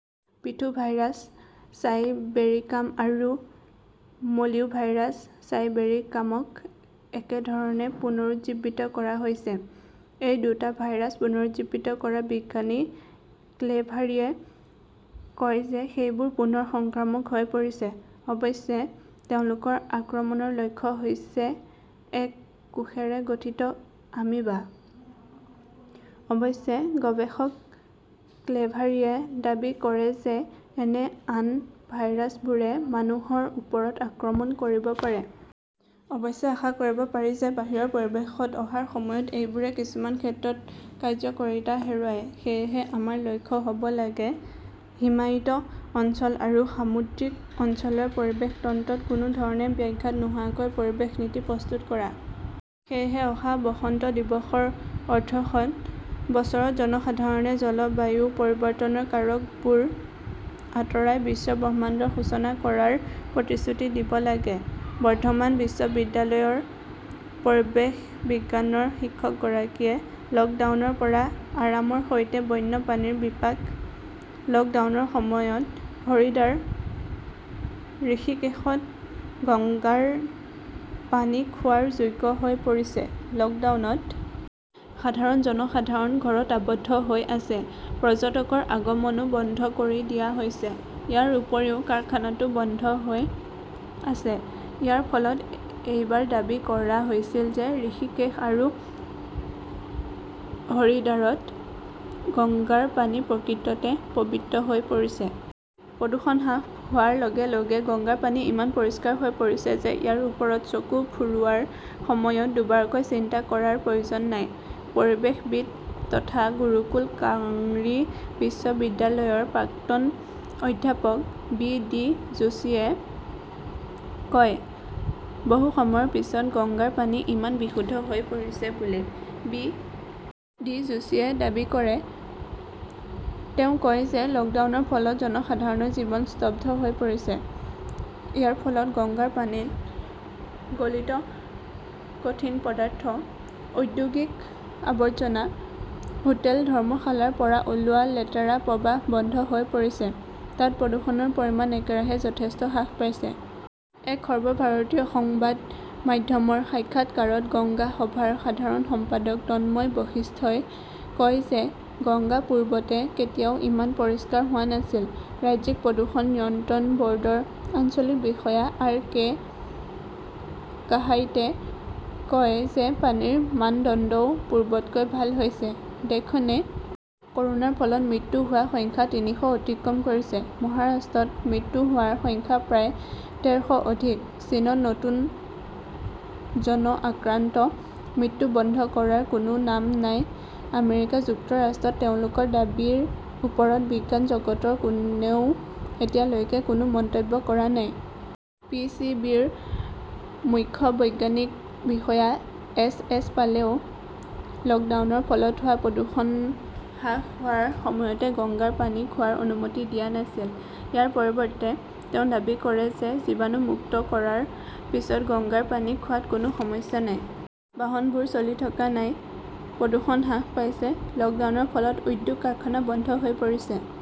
Pithovirus sibericum আৰু Mollivirus চাইবেৰিকামক একেধৰণে পুনৰুজ্জীৱিত কৰা হৈছে। এই দুটা ভাইৰাছ পুনৰুজ্জীৱিত কৰা বিজ্ঞানী ক্লেভাৰীয়ে কয় যে সেইবোৰ পুনৰ সংক্ৰামক হৈ পৰিছে। অৱশ্যে, তেওঁলোকৰ আক্ৰমণৰ লক্ষ্য হৈছে এক কোষেৰে গঠিত আমিবা। অৱশ্যে, গৱেষক ক্লেভাৰীয়ে দাবী কৰে যে এনে আন ভাইৰাছবোৰে মানুহৰ ওপৰত আক্ৰমণ কৰিব পাৰে। অৱশ্যে, আশা কৰিব পাৰি যে বাহিৰৰ পৰিৱেশত অহাৰ সময়ত এইবোৰে কিছুমান ক্ষেত্ৰত কাৰ্য্যকৰীতা হেৰুৱায়। সেয়েহে আমাৰ লক্ষ্য হব লাগে, হিমায়িত অঞ্চল আৰু সামুদ্ৰিক অঞ্চলৰ পৰিৱেশ তন্ত্ৰত কোনো ধৰণে ব্যাঘাত নোহোৱাকৈ পৰিৱেশ নীতি প্ৰস্তুত কৰা। সেয়েহে অহা বসন্ত দিৱসৰ অৰ্ধশত বছৰত জনসাধাৰণে জলবায়ু পৰিৱৰ্তনৰ কাৰকবোৰ আঁতৰাই বিশ্বব্ৰহ্মাণ্ডৰ সূচনা কৰাৰ প্ৰতিশ্ৰুতি দিব লাগে। বৰ্ধমান বিশ্ববিদ্যালয়ৰ পৰিৱেশ বিজ্ঞানৰ শিক্ষকগৰাকীয়ে লকডাউনৰ পৰা আৰামৰ সৈতে বন্যপ্ৰাণীৰ বিপাক, লকডাউনৰ সময়ত হৰিদ্বাৰ, ঋষিকেশত গংগাৰ পানী খোৱাৰ যোগ্য হৈ পৰিছে। লকডাউনত সাধাৰণ জনসাধাৰণ ঘৰত আবদ্ধ হৈ আছে। পৰ্যটকৰ আগমনও বন্ধ কৰি দিয়া হৈছে। ইয়াৰ উপৰিও, কাৰখানাটো বন্ধ হৈ আছে। ইয়াৰ ফলত এইবাৰ দাবী কৰা হৈছিল যে ঋষিকেশ আৰু হৰিদ্বাৰত গংগাৰ পানী প্ৰকৃততে 'পৱিত্ৰ হৈ পৰিছে। প্ৰদূষণ হ্ৰাস হোৱাৰ লগে-লগে গংগাৰ পানী ইমান পৰিষ্কাৰ হৈ পৰিছে যে ইয়াৰ ওপৰত চকু ফুৰোৱাৰ সময়ত দুবাৰকৈ চিন্তা কৰাৰ প্ৰয়োজন নাই, পৰিৱেশবিদ তথা গুৰুকুল কাংৰী বিশ্ববিদ্যালয়ৰ প্ৰাক্তন অধ্যাপক বি. ডি. যোশীয়ে কয়। বহু সময়ৰ পিছত গংগাৰ পানী ইমান বিশুদ্ধ হৈ পৰিছে বুলি বি. ডি. যোশীয়ে দাবী কৰে। তেওঁ কয় যে লকডাউনৰ ফলত জনসাধাৰণৰ জীৱন স্তব্ধ হৈ পৰিছে। ইয়াৰ ফলত গংগাৰ পানীত গলিত কঠিন পদাৰ্থ, ঔদ্যোগিক আৱৰ্জনা, হোটেল-ধৰ্মশালাৰ পৰা ওলোৱা লেতেৰা প্ৰবাহ বন্ধ হৈ পৰিছে। তাত প্ৰদূষণৰ পৰিমাণ একেৰাহে যথেষ্ট হ্ৰাস পাইছে। এক সৰ্বভাৰতীয় সংবাদ মাধ্যমৰ সাক্ষাৎকাৰত গংগা সভাৰ সাধাৰণ সম্পাদক তন্ময় বশিষ্ঠই কয় যে গংগা পূৰ্বতে কেতিয়াও ইমান পৰিষ্কাৰ হোৱা নাছিল। ৰাজ্যিক প্ৰদূষণ নিয়ন্ত্ৰণ বৰ্ডৰ আঞ্চলিক বিষয়া আৰ. কে. কাহাইটে কয় যে পানীৰ মানদণ্ডও পূৰ্বতকৈ ভাল হৈছে। দেশখনে কৰোনাৰ ফলত মৃত্যু হোৱাৰ সংখ্যা তিনিশ অতিক্ৰম কৰিছে, মহাৰাষ্ট্ৰত মৃত্যু হোৱাৰ সংখ্যা প্ৰায় ডেৰ শ অধিকঃ চীনত নতুন জন আক্ৰান্ত, মৃত্যু বন্ধ কৰাৰ কোনো নাম নাই আমেৰিকা যুক্তৰাষ্ট্ৰত তেওঁলোকৰ দাবীৰ ওপৰত বিজ্ঞান জগতৰ কোনেও এতিয়ালৈকে কোনো মন্তব্য কৰা নাই। পি. চি. বি. -ৰ মুখ্য বৈজ্ঞানিক বিষয়া এছ. এছ. পালেও লকডাউনৰ ফলত হোৱা প্ৰদূষণ হ্ৰাস হোৱাৰ সময়তে গংগাৰ পানী খোৱাৰ অনুমতি দিয়া নাছিল। ইয়াৰ পৰিৱৰ্তে, তেওঁ দাবী কৰে যে জীৱাণুমুক্ত কৰাৰ পিছত গংগাৰ পানী খোৱাত কোনো সমস্যা নাই। বাহনবোৰ চলি থকা নাই, প্ৰদূষণ হ্ৰাস পাইছে 'লকডাউন ৰ ফলত উদ্যোগ-কাৰখানা বন্ধ হৈ পৰিছে।